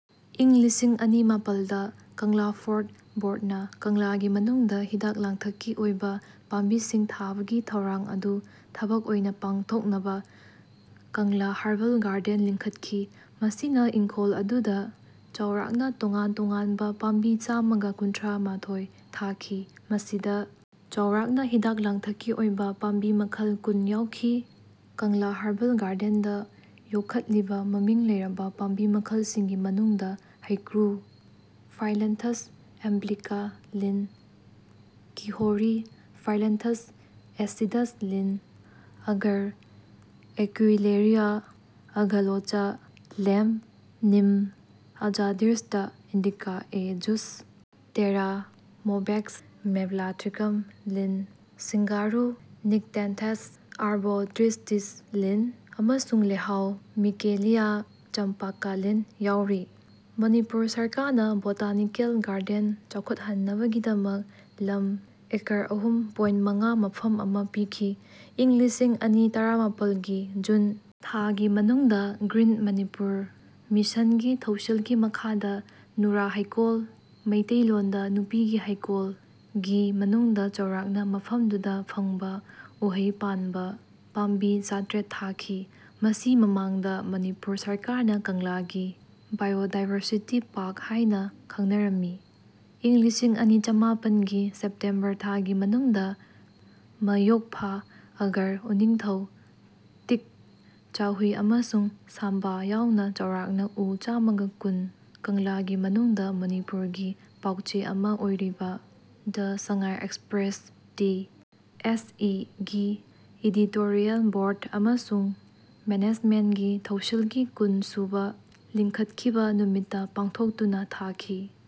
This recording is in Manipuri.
ꯏꯪ ꯂꯤꯁꯤꯡ ꯑꯅꯤ ꯃꯄꯜꯗ, ꯀꯪꯂꯥ ꯐꯣꯔꯠ ꯕꯣꯔꯗꯅ ꯀꯪꯂꯥꯒꯤ ꯃꯅꯨꯡꯗ ꯍꯤꯗꯥꯛ-ꯂꯥꯡꯊꯛꯀꯤ ꯑꯣꯏꯕ ꯄꯥꯝꯕꯤꯁꯤꯡ ꯊꯥꯕꯒꯤ ꯊꯧꯔꯥꯡ ꯑꯗꯨ ꯊꯕꯛ ꯑꯣꯏꯅ ꯄꯥꯡꯊꯣꯛꯅꯕ ꯀꯪꯂꯥ ꯍꯔꯕꯜ ꯒꯥꯔꯗꯦꯟ ꯂꯤꯡꯈꯠꯈꯤ꯫ ꯃꯁꯤꯅ ꯏꯪꯈꯣꯜ ꯑꯗꯨꯗ ꯆꯥꯎꯔꯥꯛꯅ ꯇꯣꯉꯥꯟ-ꯇꯣꯉꯥꯟꯕ ꯄꯥꯝꯕꯤ ꯆꯥꯃꯒ ꯀꯨꯟꯊ꯭ꯔꯥ ꯃꯥꯊꯣꯏ ꯊꯥꯈꯤ (ꯃꯁꯤꯗ ꯆꯥꯎꯔꯥꯛꯅ ꯍꯤꯗꯥꯛ-ꯂꯥꯡꯊꯛꯀꯤ ꯑꯣꯏꯕ ꯄꯥꯝꯕꯤ ꯃꯈꯜ ꯀꯨꯟ ꯌꯥꯎꯈꯤ)꯫ ꯀꯪꯂꯥ ꯍꯔꯕꯜ ꯒꯥꯔꯗꯦꯟꯗ ꯌꯣꯛꯈꯠꯂꯤꯕ ꯃꯃꯤꯡ ꯂꯩꯔꯕ ꯄꯥꯝꯕꯤ ꯃꯈꯜꯁꯤꯡꯒꯤ ꯃꯅꯨꯡꯗ "ꯍꯩꯀ꯭ꯔꯨ" (ꯐꯥꯏꯂꯟꯊꯁ ꯑꯦꯝꯕ꯭ꯂꯤꯀꯥ ꯂꯤꯟ) "ꯀꯤꯍꯣꯔꯤ" (ꯐꯥꯏꯂꯟꯊꯁ ꯑꯦꯁꯤꯗꯁ ꯂꯤꯟ), "ꯑꯒꯔ" (ꯑꯦꯀ꯭ꯋꯤꯂꯦꯔꯤꯌꯥ ꯑꯒꯥꯂꯣꯆꯥ ꯂꯦꯝ꯭ꯄ), "neem" (Azadirachta indica A Juss), "ꯇꯦꯔꯥ" (ꯃꯣꯕꯦꯛ꯭ꯁ ꯃꯂꯦꯕꯥꯊ꯭ꯔꯤꯀꯝ ꯂꯤꯟ), "ꯁꯤꯡꯒꯥꯔꯨ" (ꯅꯤꯛꯇꯦꯟꯊꯦꯁ ꯑꯥꯔꯕꯣꯇ꯭ꯔꯤꯁꯇꯤꯁ ꯂꯤꯟ), ꯑꯃꯁꯨꯡ "ꯂꯩꯍꯥꯎ" (ꯃꯤꯀꯦꯂꯤꯌꯥ ꯆꯝꯄꯥꯀꯥ ꯂꯤꯟ) ꯌꯥꯎꯔꯤ꯫ ꯃꯅꯤꯄꯨꯔ ꯁꯔꯀꯥꯔꯅ ꯕꯣꯇꯥꯅꯤꯀꯦꯜ ꯒꯥꯔꯗꯦꯟ ꯆꯥꯎꯈꯠꯍꯟꯅꯕꯒꯤꯗꯃꯛ ꯂꯝ ꯑꯦꯀꯔ ꯑꯍꯨꯝ ꯄꯣꯏꯟ ꯃꯉꯥ ꯃꯐꯝ ꯑꯃ ꯄꯤꯈꯤ꯫ ꯏꯪ ꯂꯤꯁꯤꯡ ꯑꯅꯤ ꯇꯔꯥꯃꯥꯄꯜ ꯒꯤ ꯖꯨꯟ ꯊꯥꯒꯤ ꯃꯅꯨꯡꯗ ꯒ꯭ꯔꯤꯟ ꯃꯅꯤꯄꯨꯔ ꯃꯤꯁꯟꯒꯤ ꯊꯧꯁꯤꯜꯒꯤ ꯃꯈꯥꯗ ꯅꯨꯔꯥ ꯍꯩꯀꯣꯜ (ꯃꯩꯇꯩ ꯂꯣꯟꯗ "ꯅꯨꯄꯤꯒꯤ ꯍꯩꯀꯣꯜ") ꯒꯤ ꯃꯅꯨꯡꯗ ꯆꯥꯎꯔꯥꯛꯅ ꯃꯐꯝꯗꯨꯗ ꯐꯪꯕ ꯎꯍꯩ ꯄꯥꯟꯕ ꯄꯥꯝꯕꯤ ꯆꯥꯇ꯭ꯔꯦꯠ ꯊꯥꯈꯤ, ꯃꯁꯤ ꯃꯃꯥꯡꯗ ꯃꯅꯤꯄꯨꯔ ꯁꯔꯀꯥꯔꯅ ꯀꯪꯂꯥꯒꯤ "ꯕꯥꯌꯣꯗꯥꯏꯚꯔꯁꯤꯇꯤ ꯄꯥꯔ꯭ꯛ" ꯍꯥꯏꯅ ꯈꯡꯅꯔꯝꯃꯤ꯫ ꯏꯪ ꯂꯤꯁꯤꯡ ꯑꯅꯤ ꯆꯃꯥꯄꯟ ꯒꯤ ꯁꯦꯞꯇꯦꯝꯕꯔ ꯊꯥꯒꯤ ꯃꯅꯨꯡꯗ ꯃꯌꯣꯛꯐꯥ, ꯑꯒꯔ, ꯎꯅꯤꯡꯊꯧ, ꯇꯤꯛ, ꯆꯥꯍꯨꯏ ꯑꯃꯁꯨꯡ ꯁꯥꯝꯕꯥ ꯌꯥꯎꯅ ꯆꯥꯎꯔꯥꯛꯅ ꯎ ꯆꯥꯃꯒ ꯀꯨꯟ ꯀꯪꯂꯥꯒꯤ ꯃꯅꯨꯡꯗ ꯃꯅꯤꯄꯨꯔꯒꯤ ꯄꯥꯎꯆꯦ ꯑꯃ ꯑꯣꯏꯔꯤꯕ "the Sangai Express" (T. S. E.) ꯒꯤ ꯏꯗꯤꯇꯣꯔꯤꯌꯦꯜ ꯕꯣꯔ꯭ꯗ ꯑꯃꯁꯨꯡ ꯃꯦꯅꯦꯖꯃꯦꯟ꯭ꯇꯒꯤ ꯊꯧꯁꯤꯜꯒꯤ ꯀꯨꯟ ꯁꯨꯕ ꯂꯤꯡꯈꯠꯈꯤꯕ ꯅꯨꯃꯤꯠꯇ ꯄꯥꯡꯊꯣꯛꯇꯨꯅ ꯊꯥꯈꯤ꯫